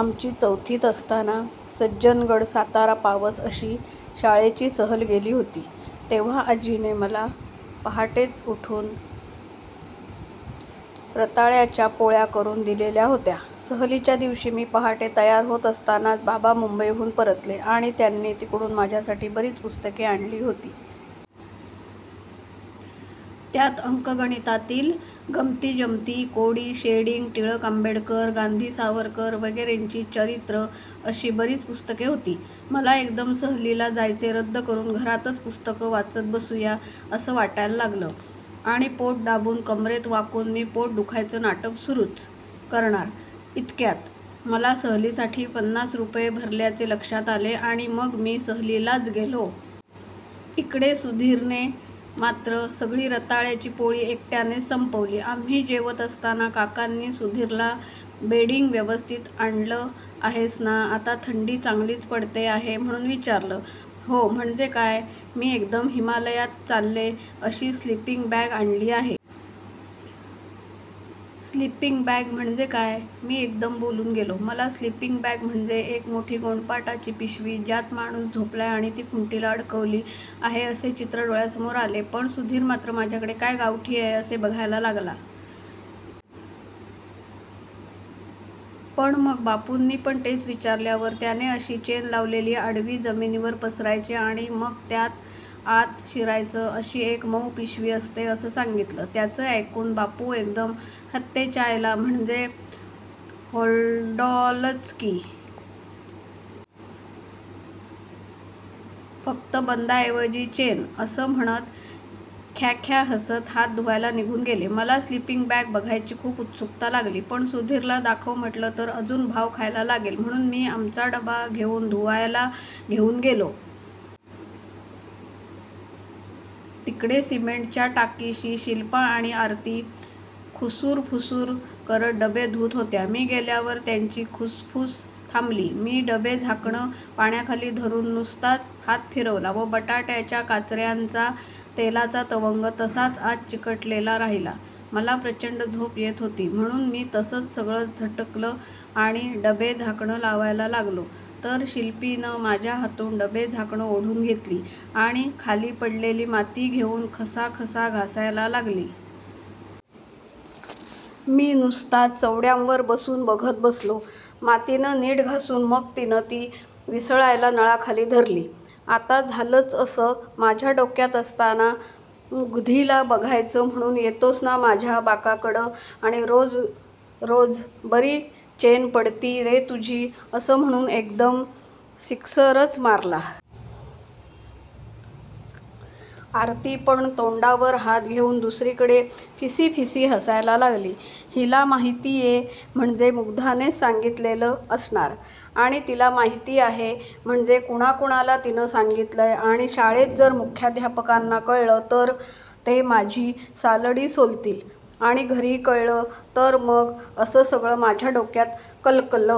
आमची चौथीत असताना सज्जनगड-सातारा-पावस अशी शाळेची सहल गेली होती तेव्हा आजीने मला पहाटेचं उठून रताळ्याच्या पोळ्या करुन दिलेल्या होत्या. सहलीच्या दिवशी मी पहाटे तयार होत असतानाच बाबा मुंबईहून परतले आणि त्यांनी तिकडून माझ्यासाठी बरीच पुस्तके आणली होती. त्यात अंकगणितातील गमतीजमती, कोडी, शेडिंग, टिळक-आंबेडकर-गांधी-सावरकर वगैरेंचं चरित्र अशी बरीच पुस्तके होती. मला एकदम सहलीला जायचे रद्द करुन घरातच पुस्तकं वाचत बसुया असं वाटायला लागलं आणि पोट दाबून, कमरेत वाकून, मी पोट दुखायचं नाटक सुरुच करणार इतक्यात मला सहलीसाठी पन्नास रुपये भरल्याचे लक्षात आले आणि मग मी सहलीलाच गेलो. इकडे सुधीरने मात्र सगळी रताळ्याची पोळी एकट्यानेच संपवली. आम्ही जेवत असताना काकांनी सुधीरला बेडिंग व्यवस्थित आणलं आहेस ना? आता थंडी चांगलीच पडते आहे म्हणुन विचारलं. हो म्हणजे काय? मी एकदम हिमालयात चालेल अशी स्लिपींग बॅग आणली आहे. स्लिपींग बॅग म्हणजे काय? मी एकदम बोलून गेलो. मला स्लिपींग बॅग म्हणजे एक मोठी गोणपाटाची पिशवी ज्यात माणुस झोपलाय आणि ती खुंटीला अडकवली आहे असे चित्र डोळ्यासमोर आले. पण सुधीर मात्र माझ्याकडे काय गावठी आहे असे बघायला लागला. पण मग बापूंनी पण तेच विचारल्यावर त्याने अशी चेन लावलेली आडवी जमिनीवर पसरायची आणि मग त्यात आत शिरायचं अशी एक मउ पिशवी असते असं सांगितलं. त्याचं ऐकून बापू एकदम हात्तेच्यायला, म्हणजे होल्डॉलच की. फक्त बंदाऐवजी चेन असं म्हणत ख्याख्या हसत हात धुवायला निघून गेले. मला स्लिपिंग बॅग बघायची खूप उत्सुकता लागली. पण सुधीरला दाखव म्हटलं तर अजून भाव खायला लागेल म्हणुन मी आमचा डबा घेउन धुवायला घेउन गेलो. तिकडे सिमेंटच्या टाकीशी शिल्पा आणि आरती खुसुरफुसुर करत डबे धूत होत्या. मी गेल्यावर त्यांची खुसफुस थांबली. मी डबे-झाकणं पाण्याखाली धरुन नुसताच हात फिरवला पण बटाट्याच्या काचऱ्यांचा तेलाचा तवंग तसाच आत चिकटलेला राहिला. मला प्रचंड झोप येत होती म्हणुन मी तसच सगळं झटकलं आणि डबे-झाकणं लावायला लागलो तर शिल्पीनं माझ्या हातून डबे-झाकणं ओढून घेतली आणि खाली पडलेली माती घेउन खसाखसा घासायला लागली. मी नुसताच चवड्यांवर बसून बघत बसलो. मातीनं नीट घासून मग तिनं ती विसळायला नळाखाली धरली. आता झालच असं माझ्या डोक्यात असताना मुग्धीला बघायचं म्हणुन येतोस ना माझ्या बाकाकडं आणि रोज रोज बरी चेन पडती रे तुझी असं म्हणुन एकदम सिक्सरच मारला. आरतीपण तोंडावर हात घेउन दुसरीकडे फिसीफिसी हसायला लागली. हिला माहितीये म्हणजे मुग्धानेच सांगितलेलं असणार आणि तिला माहिती आहे म्हणजे कुणाकुणाला तिनं सांगितलय आणि शाळेत जर मुख्याधापकांना कळलं तर ते माझी सालडी सोलतील आणि घरी कळलं तर मग असं सगळं माझ्या डोक्यात कलकल